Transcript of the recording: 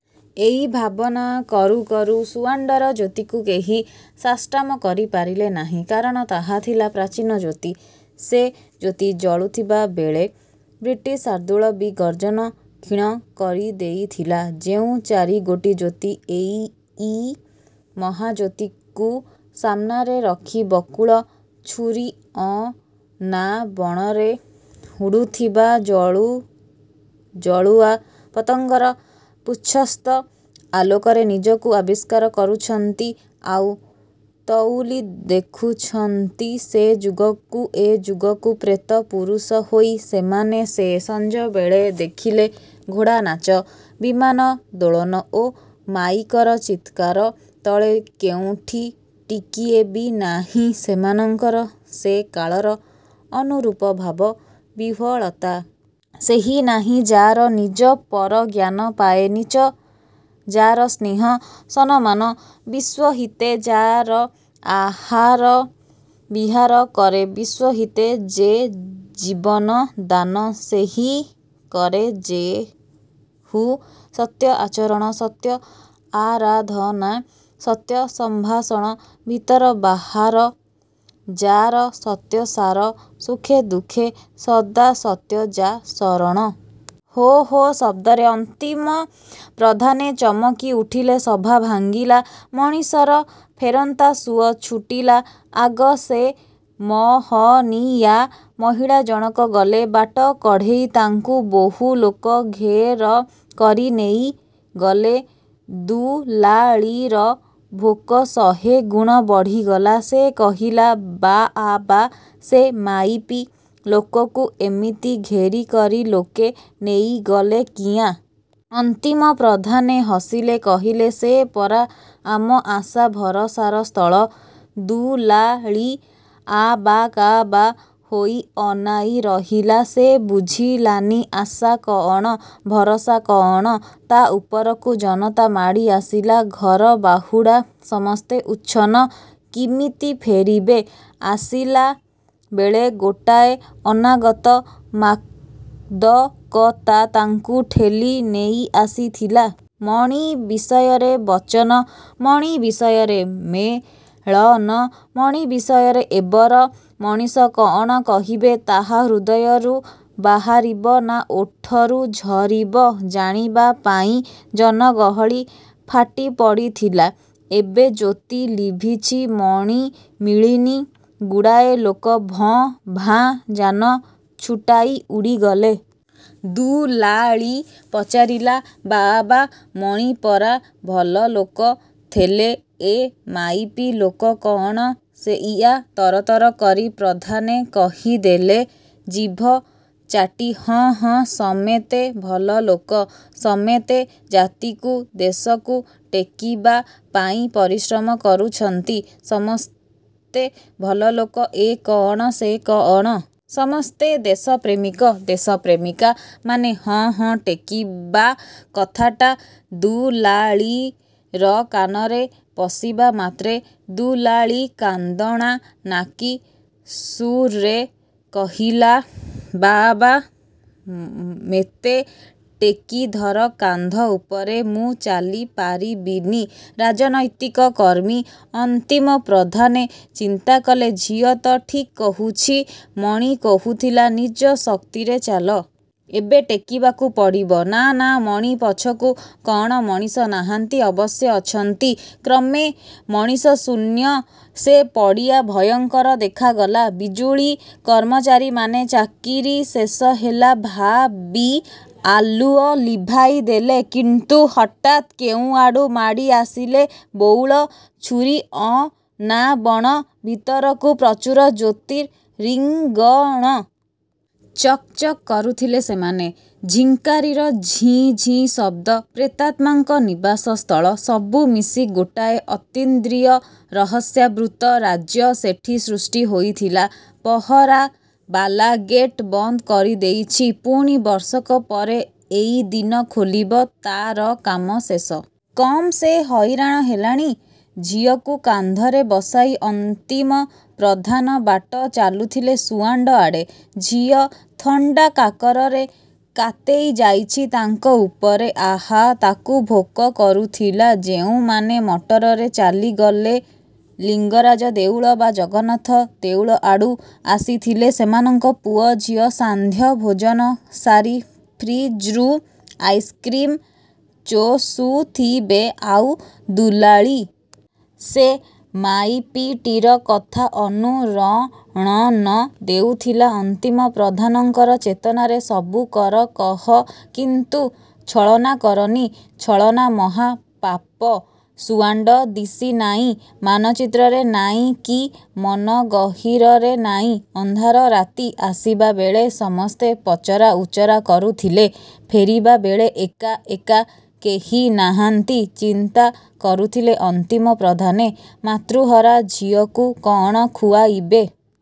ଏଇ ଭାବନା କରୁକରୁ ସୁଆଣ୍ଡର ଜ୍ୟୋତିକୁ କେହି ସାଷ୍ଟାମ କରିପାରିଲେ ନାହିଁ। କାରଣ ତାହା ଥିଲା ପ୍ରାଚୀନ ଜ୍ୟୋତି। ସେ ଜ୍ୟୋତି ଜଳୁଥିବା ବେଳେ ବ୍ରିଟିଶ ଶାର୍ଦୁଳ ବି ଗର୍ଜନ କ୍ଷୀଣ କରିଦେଇଥିଲା। ଯେଉଁ ଚାରିଗୋଟି ଜ୍ୟୋତି ଏଇ ମହାଜ୍ୟୋତିକୁ ସାମ୍ନାରେ ରଖି ବକୁଳ ଛୁରିଅନା ବଣରେ ଉଡ଼ୁଥିବା ଜଳୁଜଳୁଆ ପତଙ୍ଗର ପୁଚ୍ଛସ୍ଥ ଆଲୋକରେ ନିଜକୁ ଆବିଷ୍କାର କରୁଛନ୍ତି, ଆଉ ତଉଲି ଦେଖୁଛନ୍ତି ସେ ଯୁଗକୁ ଏ ଯୁଗକୁ ପ୍ରେତ ପୁରୁଷ ହୋଇ, ସେମାନେ ସେ ସଞ୍ଜବେଳେ ଦେଖିଲେ ଘୋଡ଼ାନାଚ, ବିମାନ ଦୋଳନ ଓ ମାଇକର ଚିତ୍କାର ତଳେ କେଉଁଠି ଟିକିଏ ବି ନାହିଁ ସେମାନଙ୍କର ସେ କାଳର ଅନୁରୂପ ଭାବ-ବିହ୍ଵଳତା!! "ସେହି, ନାହିଁ ଯା'ର ନିଜ ପର ଜ୍ଞାନ ପାଏ ନୀଚ ଯା'ର ସ୍ନେହ ସନମାନ, ବିଶ୍ଵହିତେ ଯା'ର, ଆହାର ବିହାର, କରେ ବିଶ୍ଵହିତେ ଯେ ଜୀବନ ଦାନ। ସେହି, କରେ ଯେହୁ ସତ୍ୟ ଆଚରଣ ସତ୍ୟ ଆରାଧନା, ସତ୍ୟ ସଂଭାଷଣ ଭିତର ବାହାର, ଯାର ସତ୍ୟ ସାର ସୁଖେ ଦୁଃଖେ ସଦା ସତ୍ୟ ଯା ଶରଣ। ହୋ ହୋ ଶବ୍ଦରେ ଅନ୍ତିମ ପ୍ରଧାନେ ଚମକି ଉଠିଲେ-ସଭା ଭାଙ୍ଗିଲା। ମଣିଷର ଫେରନ୍ତା ସୁଅ ଛୁଟିଲା। ଆଗ ସେ ମହନୀୟା ମହିଳା ଜଣକ ଗଲେ, ବାଟ କଢ଼େଇ ତାଙ୍କୁ ବହୁଲୋକ ଘେର କରି ନେଇଗଲେ। ଦୁଲାଳୀର ଭୋକ ଶହେ ଗୁଣ ବଢ଼ିଗଲା। ସେ କହିଲା–'ବାଆବା, ସେ ମାଇପି ଲୋକକୁ ଏମିତି ଘେରିକରି ଲୋକେ ନେଇଗଲେ କିଆଁ? ଅନ୍ତିମ ପ୍ରଧାନେ ହସିଲେ-କହିଲେ, ସେ ପରା ଆମ ଆଶା-ଭରସାର ସ୍ଥଳ। ଦୁଲାଳୀ ଆବାକାବା ହୋଇ ଅନାଇ ରହିଲା। ସେ ବୁଝିଲାନି ଆଶା କଅଣ, ଭରସା କଅଣ। ତା'ଉପରକୁ ଜନତା ମାଡ଼ିଆସିଲା। ଘରବାହୁଡ଼ା ସମସ୍ତେ….. ଉଚ୍ଛନ୍ନ, କିମିତି ଫେରିବେ। ଆସିଲାବେଳେ ଗୋଟାଏ ଅନାଗତ ମାଦକତା ତାଙ୍କୁ ଠେଲି ନେଇଆସିଥିଲା। ମଣି ବିଷୟରେ ବଚନ, ମଣି ବିଷୟରେ ମେଳନ, ମଣି ବିଷୟରେ ଏବର ମଣିଷ କଅଣ କହିବେ, ତାହା ହୃଦୟରୁ ବାହାରିବ ନା ଓଠରୁ ଝରିବ, ଜାଣିବା ପାଇଁ ଜନଗହଳି ଫାଟିପଡ଼ିଥିଲା। ଏବେ ଜ୍ୟୋତି ଲିଭିଛି, ମଣି ମିଳିନି। ଗୁଡ଼ାଏ ଲୋକ ଭଁ ଭାଁ ଯାନ ଛୁଟାଇ ଉଡ଼ିଗଲେ। ଦୁଲାଳୀ ପଚାରିଲା–ବାଆବା, ମଣି ପରା ଭଲଲୋକ ଥେଲେ, ଏ ମାଇପି ଲୋକ କଅଣ ସେଇଆ? ତରତର କରି ପ୍ରଧାନେ କହିଦେଲେ ଜିଭ ଚାଟି, ହଁ… ହଁ ସମେତେ ଭଲଲୋକ, ସମେତେ ଜାତିକୁ ଦେଶକୁ ଟେକିବା ପାଇଁ ପରିଶ୍ରମ କରୁଛନ୍ତି। ସମସ୍ତେ ଭଲ ଲୋକ-ଏ କଅଣ, ସେ କଅଣ? ସମସ୍ତେ ଦେଶ ପ୍ରେମିକ, ଦେଶ ପ୍ରେମିକା… ମାନେ… ହଁ… ହଁ ଟେକିବା କଥାଟା ଦୁଲାଳୀର କାନରେ ପଶିବାମାତ୍ରେ ଦୁଲାଳୀ କାନ୍ଦଣାନାକୀ ସୁର୍ରେ କହିଲା–ବାଆବା ମେତେ ଟେକିଧର କାନ୍ଧ ଉପରେ। ମୁଁ ଚାଲିପାରିବିନି। ରାଜନୈତିକ କର୍ମୀ ଅନ୍ତିମ ପ୍ରଧାନେ ଚିନ୍ତାକଲେ, ଝିଅ ତ ଠିକ୍ କହୁଛି। ମଣି କହୁଥିଲା–ନିଜ ଶକ୍ତିରେ ଚାଲ। ଏବେ ଟେକିବାକୁ ପଡ଼ିବ। ନା, ନା, ମଣି ପଛକୁ କଅଣ ମଣିଷ ନାହାନ୍ତି? ଅବଶ୍ୟ ଅଛନ୍ତି। କ୍ରମେ ମଣିଷଶୂନ୍ୟ ସେ ପଡ଼ିଆ ଭୟଙ୍କର ଦେଖାଗଲା। ବିଜୁଳୀ କର୍ମଚାରୀମାନେ ଚାକିରି ଶେଷ ହେଲା ଭାବି ଆଲୁଅ ଲିଭାଇଦେଲେ; କିନ୍ତୁ ହଠାତ୍ କେଉଁଆଡ଼ୁ ମାଡ଼ିଆସିଲେ ବଉଳ ଛୁରିଅନା ବଣ ଭିତରକୁ ପ୍ରଚୁର ଜ୍ୟୋତିରିଙ୍ଗଣ। ଚକ୍... ଚକ୍ କରୁଥିଲେ ସେମାନେ। ଝିଙ୍କାରୀର ଝିଁ ଝିଁ ଶବ୍ଦ। ପ୍ରେତାତ୍ମାଙ୍କ ନିବାସ ସ୍ଥଳ, ସବୁ ମିଶି ଗୋଟାଏ ଅତୀନ୍ଦ୍ରିୟ ରହସ୍ୟାବୃତ ରାଜ୍ୟ ସେଠି ସୃଷ୍ଟି ହୋଇଥିଲା। ପହରାବାଲା ଗେଟ୍ ବନ୍ଦ କରିଦେଇଛି; ପୁଣି ବର୍ଷକ ପରେ ଏଇ ଦିନ ଖୋଲିବ। ତାର କାମ ଶେଷ। କମ୍ ସେ ହଇରାଣ ହେଲାଣି? ଝିଅକୁ କାନ୍ଧରେ ବସାଇ ଅନ୍ତିମ ପ୍ରଧାନ ବାଟ ଚାଲୁଥିଲେ ସୁଆଣ୍ଡ ଆଡ଼େ। ଝିଅ ଥଣ୍ଡା-କାକରରେ କାତେଇଯାଇଛି ତାଙ୍କ ଉପରେ। ଆହା, ତାକୁ ଭୋକ କରୁଥିଲା। ଯେଉଁମାନେ ମଟରରେ ଚାଲିଗଲେ ଲିଙ୍ଗରାଜ ଦେଉଳ ବା ଜଗନ୍ନାଥ ଦେଉଳ ଆଡ଼ୁ ଆସିଥିଲେ, ସେମାନଙ୍କ ପୁଅ ଝିଅ ସାନ୍ଧ୍ୟ ଭୋଜନ ସାରି ଫ୍ରିଜ୍ରୁ ଆଇସ୍କ୍ରିମ୍ ଚୋଷୁଥିବେ, ଆଉ ଦୁଲାଳୀ...? ସେ ମାଇପିଟିର କଥା ଅନୁରଣନ ଦେଉଥିଲା ଅନ୍ତିମ ପ୍ରଧାନଙ୍କର ଚେତନାରେ... ସବୁ କର, କହ; କିନ୍ତୁ ଛଳନା କରନି। ଛଳନା ମହାପାପ। ସୁଆଣ୍ଡ ଦିଶିନାଇଁ। ମାନଚିତ୍ରରେ ନାଇଁ କି ମନଗହୀରରେ ନାଇଁ। ଅନ୍ଧାର ରାତି। ଆସିବାବେଳେ ସମସ୍ତେ ପଚରାଉଚରା କରୁଥିଲେ, ଫେରିବା ବେଳେ ଏକା... ଏକା, କେହି ନାହାନ୍ତି-। ଚିନ୍ତା କରୁଥିଲେ ଅନ୍ତିମ ପ୍ରଧାନେ। ମାତୃହରା ଝିଅକୁ କଅଣ ଖୁଆଇବେ?